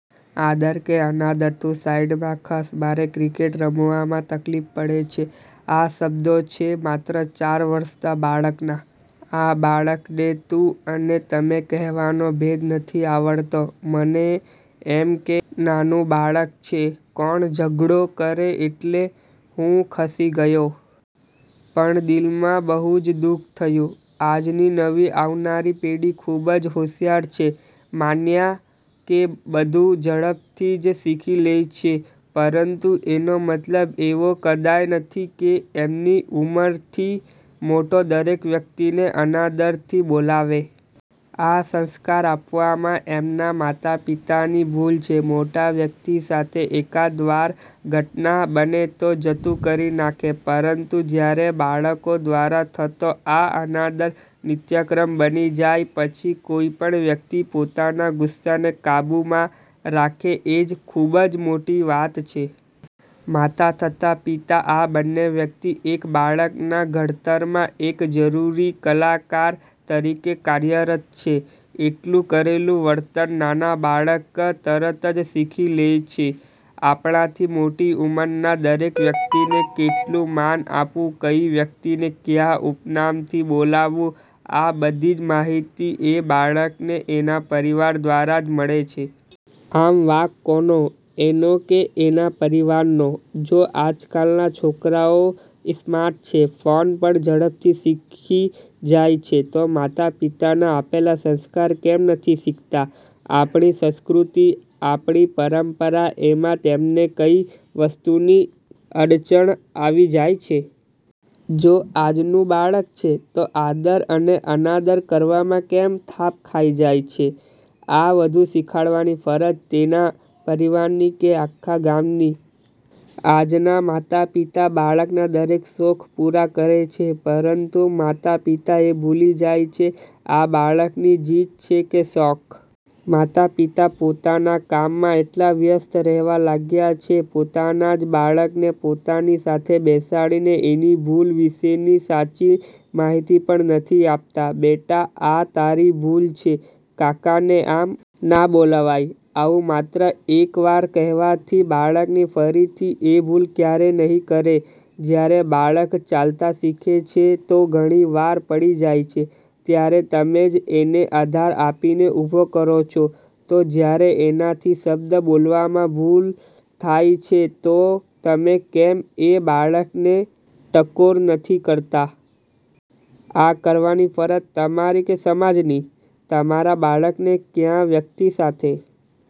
આદર કે અનાદર? તું સાઈડ માં ખસ મારે ક્રિકેટ રમવામાં તકલીફ પડે છે આ શબ્દો છે માત્ર ચાર વર્ષ ના બાળક ના. આ બાળક ને તું અને તમે કહેવાનો ભેદ નથી આવડતો, મને એમ કે નાનું બાળક છે કોણ ઝઘડો કરે એટલે હું ખસી ગયો. પણ દિલ માં બહુ જ દુઃખ થયું, આજની નવી આવનારી પેઠી ખુબ જ હોશિયાર છે માન્યા કે, બધું ઝડપથી જ શીખી લે છે, પરંતુ એનો મતલબ એવો કદાય નથી કે એમની ઉમર થી મોટા દરેક વ્યક્તિ ને અનાદર થી બોલાવે? આ સંસ્કાર આપવામાં એમના માતા પિતા ની ભૂલ છે. મોટા વ્યકતિ સાથે એકાદ વાર ઘટના બને તો જતું કરી નાખે પરંતુ જયારે બાળકો દ્વારા થતો આ અનાદર નિત્યક્રમ બની જાય પછી કોઈ પણ વ્યક્તિ પોતાના ગુસ્સા ને કાબુ માં રાખે એ ખુબ જ મોટી વાત છે. માતા તથા પિતા આ બંને વ્યક્તિ એક બાળક ના ઘડતર માં એક જરૂરી કલાકાર તરીકે કાર્યરત છે. તેમનું કરેલું વર્તન નાના બાળક તરત જ શીખી લે છે, આપણા થી મોટી ઉમર ના દરેક વ્યક્તિને કેટલું માન આપવું કઈ વ્યક્તિ ને ક્યાં ઉપનામ થી બોલવું, આ બધી જ માહિતી એ બાળક ને એના પરિવાર દ્વારા જ મળે છે. આમ વાંક કોનો? એનો કે એના પરિવાર નો? જો આજકાલ ના છોકરા ઓ સ્માર્ટ છે? ફોન પણ ઝડપથી શીખી જાય છે તો માતા પિતાના આપેલા સંસ્કાર કેમ નથી શીખતાં? આપણી સંસ્કૃતિ, આપણી પરંપરા એમાં તેમને કઈ વસ્તુની અડચણ આવી જાય છે. જો આજ નું બાળક છે તો આદર અને અનાદર કરવામાં કેમ થાપ ખાઈ જાય છે. આ બધું શીખવાડાની ફરજ તેના પરિવાર ની કે આખા ગામ ની? આજ ના માતા પિતા બાળકના દરેક શોખ પૂરા કરે છે પરંતુ માતા પિતા એ ભૂલી જાય છે આ બાળક ની જીદ છે કે શોખ? માતા પિતા પોતાના કામ માં એટલા વ્યસ્ત રહેવા લાગ્યા છે પોતાના જ બાળક ને પોતાની સાથે બેસાડીને એની ભૂલ વિશેની સાચી માહિતી પણ નથી આપતા, "બેટા આ તારી ભૂલ છે કાકા ને આમ ના બોલાવાય" આવું માત્ર એક વાર કહેવાથી બાળક ફરીથી એ ભૂલ ક્યારેય નહિ કરે, જયારે બાળક ચાલતા શીખે છે તો ઘણી વાર પડી જાય છે, ત્યારે તમે જ એને આધાર આપીને ઉભો કરો છો, તો જયારે એનાથી શબ્દ બોલવામાં ભૂલ થાય છે તો તમે કેમ એ બાળક ને ટકોર નથી કરતા? આ કરવાની ફરજ તમારી કે સમાજ ની? તમારા બાળકને ક્યાં વ્યક્તિ સાથે